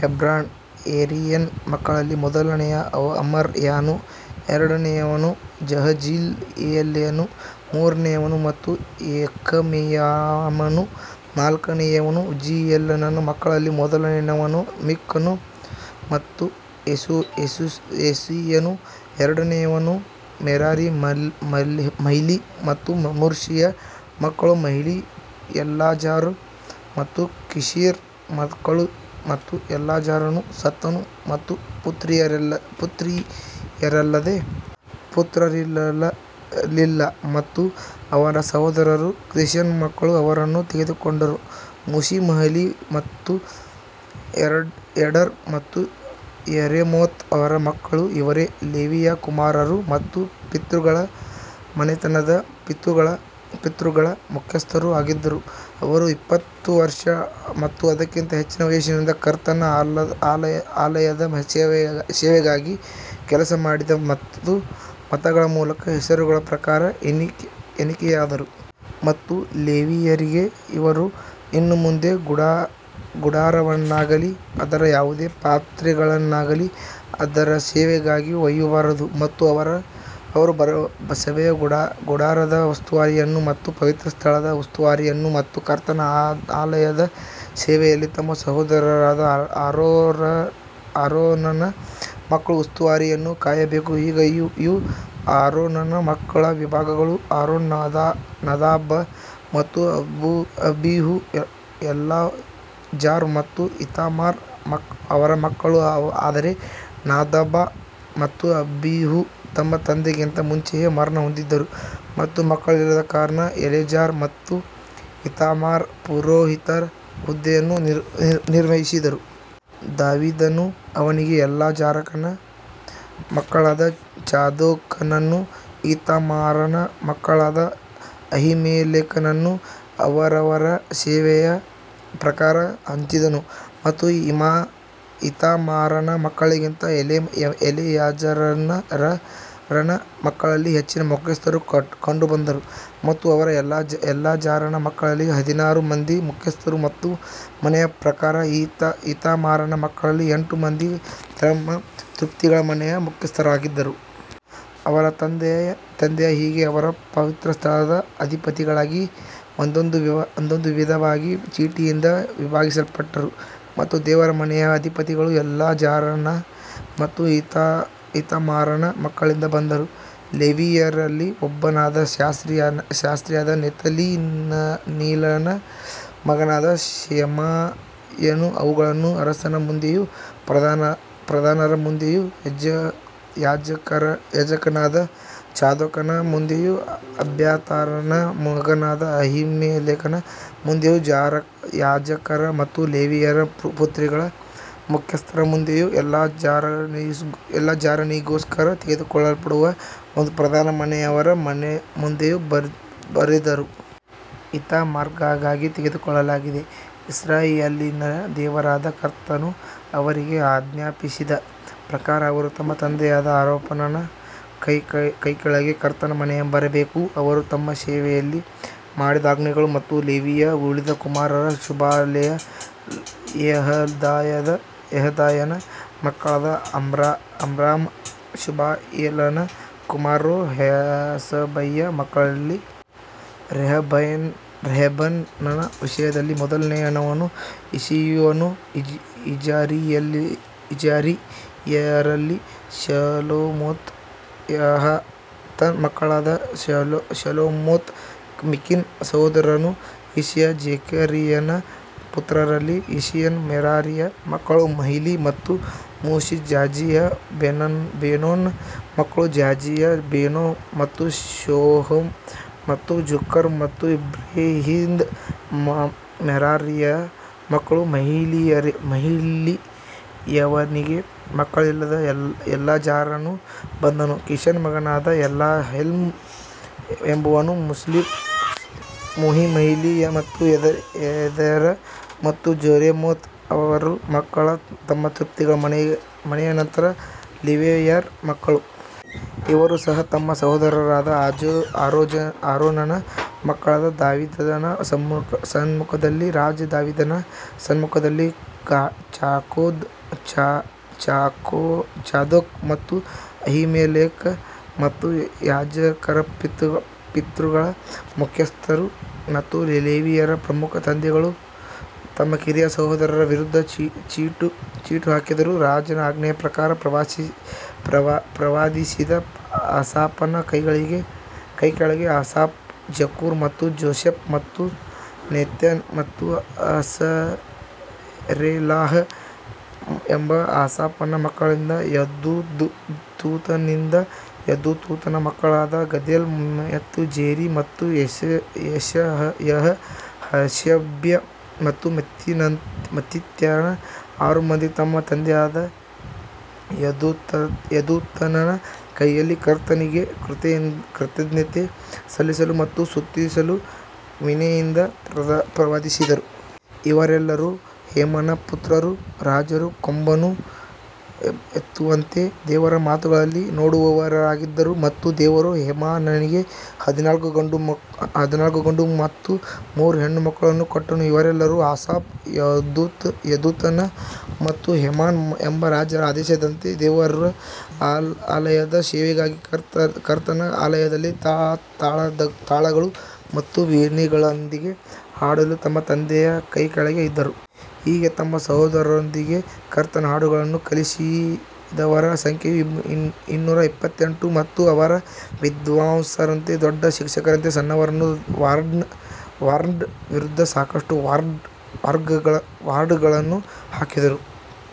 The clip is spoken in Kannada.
ಹೆಬ್ರೋನ ಯೆರೀಯನ ಮಕ್ಕಳಲ್ಲಿ ಮೊದಲನೆಯ ಅಮರ್ಯಾನು ಎರಡನೆಯವನು ಜಹಜಿಯೇಲನು ಮೂರನೆಯವನು ಮತ್ತು ಯೆಕಮೆಯಾಮನು ನಾಲ್ಕನೆಯವನು ಉಜ್ಜೀಯೇಲನ ಮಕ್ಕಳಲ್ಲಿ ಮೊದಲನೆಯವನು ಮಿಕನು ಮತ್ತು ಯೆಸೀಯನು ಎರಡನೆಯವನು ಮೆರಾರಿ ಮಹ್ಲಿ ಮತ್ತು ಮೂಷಿಯ ಮಕ್ಕಳು ಮಹ್ಲಿ ಎಲ್ಲಾಜಾರ ಮತ್ತು ಕೀಷರ ಮಕ್ಕಳು ಮತ್ತು ಎಲ್ಲಾಜಾರನು ಸತ್ತನು ಮತ್ತು ಪುತ್ರಿಯರಲ್ಲದೆ ಪುತ್ರರಿರಲಿಲ್ಲ ಮತ್ತು ಅವರ ಸಹೋದರರು ಕೀಷನ ಮಕ್ಕಳು ಅವರನ್ನು ತೆಗೆದುಕೊಂಡರು ಮೂಶಿ ಮಹಲಿ ಮತ್ತು ಎಡರ್ ಮತ್ತು ಯೆರೆಮೋತ್ ಅವರ ಮಕ್ಕಳು ಇವರೇ ಲೇವಿಯ ಕುಮಾರರು ತಮ್ಮ ಪಿತೃಗಳ ಮನೆತನದ ಪಿತೃಗಳ ಮುಖ್ಯಸ್ಥರೂ ಆಗಿದ್ದರು, ಅವರು ಇಪ್ಪತ್ತು ವರ್ಷ ಮತ್ತು ಅದಕ್ಕಿಂತ ಹೆಚ್ಚಿನ ವಯಸ್ಸಿನಿಂದ ಕರ್ತನ ಆಲಯದ ಸೇವೆಗಾಗಿ ಕೆಲಸ ಮಾಡಿದ ತಮ್ಮ ಮತಗಳ ಮೂಲಕ ಹೆಸರುಗಳ ಪ್ರಕಾರ ಎಣಿಕೆಯಾದರು. ಮತ್ತು ಲೇವಿಯರಿಗೆ ಅವರು ಇನ್ನು ಮುಂದೆ ಗುಡಾರವನ್ನಾಗಲಿ ಅದರ ಯಾವುದೇ ಪಾತ್ರೆಗಳನ್ನಾಗಲಿ ಅದರ ಸೇವೆಗಾಗಿ ಒಯ್ಯಬಾರದು. ಮತ್ತು ಅವರು ಸಭೆಯ ಗುಡಾರದ ಉಸ್ತುವಾರಿಯನ್ನು ಮತ್ತು ಪವಿತ್ರ ಸ್ಥಳದ ಉಸ್ತುವಾರಿಯನ್ನು ಮತ್ತು ಕರ್ತನ ಆಲಯದ ಸೇವೆಯಲ್ಲಿ ತಮ್ಮ ಸಹೋದರರಾದ ಆರೋನನ ಮಕ್ಕಳ ಉಸ್ತುವಾರಿಯನ್ನು ಕಾಯಬೇಕು. ಈಗ ಇವು ಆರೋನನ ಮಕ್ಕಳ ವಿಭಾಗಗಳು, ಆರೋನ ನಾದಾಬ್ ಮತ್ತು ಅಬೀಹು ಎಲ್ಲಾಜಾರ್ ಮತ್ತು ಈತಾಮಾರ್ ಅವರ ಮಕ್ಕಳು ಆದರೆ ನಾದಾಬ್ ಮತ್ತು ಅಬೀಹು ತಮ್ಮ ತಂದೆಗಿಂತ ಮುಂಚೆಯೇ ಮರಣಹೊಂದಿದರು ಮತ್ತು ಮಕ್ಕಳಿಲ್ಲದ ಕಾರಣ ಎಲೆಜಾರ್ ಮತ್ತು ಈತಾಮಾರ್ ಪುರೋಹಿತರ ಹುದ್ದೆಯನ್ನು ನಿರ್ವಹಿಸಿದರು. ದಾವೀದನು ಅವರಿಗೆ ಎಲ್ಲಾಜಾರನ ಮಕ್ಕಳಾದ ಚಾದೋಕನನ್ನೂ ಈತಾಮಾರನ ಮಕ್ಕಳಾದ ಅಹೀಮೆಲೆಕನನ್ನೂ ಅವರವರ ಸೇವೆಯ ಪ್ರಕಾರ ಹಂಚಿದನು. ಮತ್ತು ಈತಾಮಾರನ ಮಕ್ಕಳಿಗಿಂತ ಎಲೆಯಾಜರನ ಮಕ್ಕಳಲ್ಲಿ ಹೆಚ್ಚಿನ ಮುಖ್ಯಸ್ಥರು ಕಂಡುಬಂದರು ಮತ್ತು ಅವರು ಎಲ್ಲಾಜಾರನ ಮಕ್ಕಳಲ್ಲಿ ಹದಿನಾರು ಮಂದಿ ಮುಖ್ಯಸ್ಥರು ಮತ್ತು ಮನೆಯ ಪ್ರಕಾರ ಈತಾಮಾರನ ಮಕ್ಕಳಲ್ಲಿ ಎಂಟು ಮಂದಿ ತಮ್ಮ ಪಿತೃಗಳ ಮನೆಯ ಮುಖ್ಯಸ್ಥರಾಗಿದ್ದರು. ಅವರ ತಂದೆಯ ಹೀಗೆ ಅವರು ಪವಿತ್ರಸ್ಥಳದ ಅಧಿಪತಿಗಳಿಗಾಗಿ ಒಂದೊಂದು ವಿಧವಾಗಿ ಚೀಟಿಯಿಂದ ವಿಭಾಗಿಸಲ್ಪಟ್ಟರು ಮತ್ತು ದೇವರ ಮನೆಯ ಅಧಿಪತಿಗಳು ಎಲ್ಲಾಜಾರನ ಮತ್ತು ಈತಾಮಾರನ ಮಕ್ಕಳಿಂದ ಬಂದವರು. ಲೇವಿಯರಲ್ಲಿ ಒಬ್ಬನಾದ ಶಾಸ್ತ್ರಿಯಾದ ನೆತನೀಲನ ಮಗನಾದ ಶೆಮಾಯನು ಅವುಗಳನ್ನು ಅರಸನ ಮುಂದೆಯೂ ಪ್ರಧಾನರ ಮುಂದೆಯೂ ಯಾಜಕನಾದ ಚಾದೋಕನ ಮುಂದೆಯೂ ಅಬ್ಯಾತಾರನ ಮಗನಾದ ಅಹೀಮೆಲೆಕನ ಮುಂದೆಯೂ ಯಾಜಕರ ಮತ್ತು ಲೇವಿಯರ ಪಿತೃಗಳ ಮುಖ್ಯಸ್ಥರ ಮುಂದೆಯೂ ಎಲ್ಲಾಜಾರನಿಗೋಸ್ಕರ ತೆಗೆದುಕೊಳ್ಳಲ್ಪಡುವ ಒಂದು ಪ್ರಧಾನ ಮನೆಯವರ ಮುಂದೆಯೂ ಬರೆದರು. ಇತಾಮಾರ್ಗಾಗಿ ತೆಗೆದುಕೊಳ್ಳಲಾಗಿದೆ ಇಸ್ರಾಯೇಲಿನ ದೇವರಾದ ಕರ್ತನು ಅವರಿಗೆ ಆಜ್ಞಾಪಿಸಿದ ಪ್ರಕಾರ ಅವರು ತಮ್ಮ ತಂದೆಯಾದ ಆರೋನನ ಕೈಕೆಳಗೆ ಕರ್ತನ ಮನೆಗೆ ಬರಬೇಕೆಂದು ಅವರು ತಮ್ಮ ಸೇವೆಯಲ್ಲಿ ಮಾಡಿದ ಆಜ್ಞೆಗಳು. ಮತ್ತು ಲೇವಿಯ ಉಳಿದ ಕುಮಾರರು ಶುಬಾಯೇಲ ಯೆಹದಾಯನ ಮಕ್ಕಳಾದ ಅಮ್ರಾಮ ಶುಬಾಯೇಲನ ಕುಮಾರರು. ರೆಹಬ್ಯನ ಮಕ್ಕಳಲ್ಲಿ ರೆಹಬ್ಯನ ವಿಷಯದಲ್ಲಿ ಮೊದಲನೆಯವನು ಇಷೀಯನು ಇಜಾರಿಯರಲ್ಲಿ ಶೆಲೋಮೋತ್ ಯಹಾತನ ಮಕ್ಕಳಾದ ಶೆಲೋಮೋತ್ ಮಿಕನ ಸಹೋದರನು ಇಷೀಯ ಜೆಕರೀಯನ ಪುತ್ರರಲ್ಲಿ ಇಷೀಯನು ಮೆರಾರಿಯ ಮಕ್ಕಳು ಮಹ್ಲಿ ಮತ್ತು ಮೂಷಿ ಜಾಜಿಯಾ ಬೆನೋನ ಮಕ್ಕಳು ಜಾಜಿಯಾ ಬೆನೋ ಮತ್ತು ಶೋಹಮ್ ಮತ್ತು ಜಕ್ಕೂರ್ ಮತ್ತು ಇಬ್ರಿಯಿಂದ ಮೆರಾರಿಯ ಮಕ್ಕಳು ಮಹ್ಲಿಯವನಿಗೆ ಮಕ್ಕಳಿಲ್ಲದ ಎಲ್ಲಾಜಾರನು ಬಂದನು ಕೀಷನ ಮಗನಾದ ಯೆರಹ್ಮೇಲ್ ಎಂಬವನು ಮೂಷಿ ಮಹ್ಲಿ ಮತ್ತು ಎದೆರ್ ಮತ್ತು ಜೆರಿಮೋತ್ ಅವರ ಮಕ್ಕಳು ತಮ್ಮ ಪಿತೃಗಳ ಮನೆಯ ನಂತರ ಲೇವಿಯರ ಮಕ್ಕಳು. ಇವರೂ ಸಹ ತಮ್ಮ ಸಹೋದರರಾದ ಆರೋನನ ಮಕ್ಕಳಾದ ದಾವೀದನ ಸಮ್ಮುಖದಲ್ಲಿ ರಾಜ ದಾವೀದನ ಸಮ್ಮುಖದಲ್ಲಿ, ಚಾದೋಕ್ ಮತ್ತು ಅಹೀಮೆಲೆಕ್ ಮತ್ತು ಯಾಜಕರ ಪಿತೃಗಳ ಮುಖ್ಯಸ್ಥರು ಮತ್ತು ಲೇವಿಯರ ಪ್ರಮುಖ ತಂದೆಗಳು ತಮ್ಮ ಕಿರಿಯ ಸಹೋದರರ ವಿರುದ್ಧ ಚೀಟು ಹಾಕಿದರು. ರಾಜನ ಆಜ್ಞೆಯ ಪ್ರಕಾರ ಪ್ರವಾದಿಸಿದ ಆಸಾಫನ ಕೈಕೆಳಗೆ ಆಸಾಫ್ ಜಕ್ಕೂರ್ ಮತ್ತು ಜೋಸೆಫ್ ಮತ್ತು ನೆತನ್ಯ ಮತ್ತು ಅಸರೆಲಾಹ್ ಎಂಬ ಆಸಾಫನ ಮಕ್ಕಳಿಂದ ಯೆದುತೂನನಿಂದ ಯೆದುತೂನನ ಮಕ್ಕಳಾದ ಗೆದಲ್ಯ ಮತ್ತು ಜೆರಿ ಮತ್ತು ಯೆಷಯಹ ಹಷಬ್ಯ ಮತ್ತು ಮತ್ತಿತ್ಯನ ಆರು ಮಂದಿ ತಮ್ಮ ತಂದೆಯಾದ ಯೆದುತೂನನ ಕೈಯಲ್ಲಿ ಕರ್ತನಿಗೆ ಕೃತಜ್ಞತೆ ಸಲ್ಲಿಸಲು ಮತ್ತು ಸ್ತುತಿಸಲು ವೀಣೆಯಿಂದ ಪ್ರವಾದಿಸಿದರು. ಇವರೆಲ್ಲರೂ ಹೇಮನ ಪುತ್ರರು, ರಾಜರು ಕೊಂಬನ್ನು ಎತ್ತುವಂತೆ ದೇವರ ಮಾತುಗಳಲ್ಲಿ ನೋಡುವವರಾಗಿದ್ದರು ಮತ್ತು ದೇವರು ಹೇಮಾನನಿಗೆ ಹದಿನಾಲ್ಕು ಗಂಡು ಮತ್ತು ಮೂರು ಹೆಣ್ಣು ಮಕ್ಕಳನ್ನು ಕೊಟ್ಟನು. ಇವರೆಲ್ಲರೂ ಆಸಾಫ್ ಯೆದುತೂನ್ ಮತ್ತು ಹೇಮಾನ್ ಎಂಬ ರಾಜರ ಆದೇಶದಂತೆ ದೇವರ ಆಲಯದ ಸೇವೆಗಾಗಿ ಕರ್ತನ ಆಲಯದಲ್ಲಿ ತಾಳಗಳು ಮತ್ತು ವೀಣೆಗಳೊಂದಿಗೆ ಹಾಡಲು ತಮ್ಮ ತಂದೆಯ ಕೈಕೆಳಗೆ ಇದ್ದರು. ಹೀಗೆ ತಮ್ಮ ಸಹೋದರರೊಂದಿಗೆ ಕರ್ತನ ಹಾಡುಗಳನ್ನು ಕಲಿಸಿದವರ ಸಂಖ್ಯೆಯು ಇನ್ನೂರ ಎಪ್ಪತ್ತೆಂಟು. ಮತ್ತು ಅವರು ವಿದ್ವಾಂಸರಂತೆ ದೊಡ್ಡ ಶಿಕ್ಷಕರಂತೆ ಸಣ್ಣವರನ್ನೂ ವಾರ್ಡ್ನ ವಿರುದ್ಧ ಸಾಕಷ್ಟು ವಾರ್ಡ್ಗಳನ್ನು ಹಾಕಿದರು.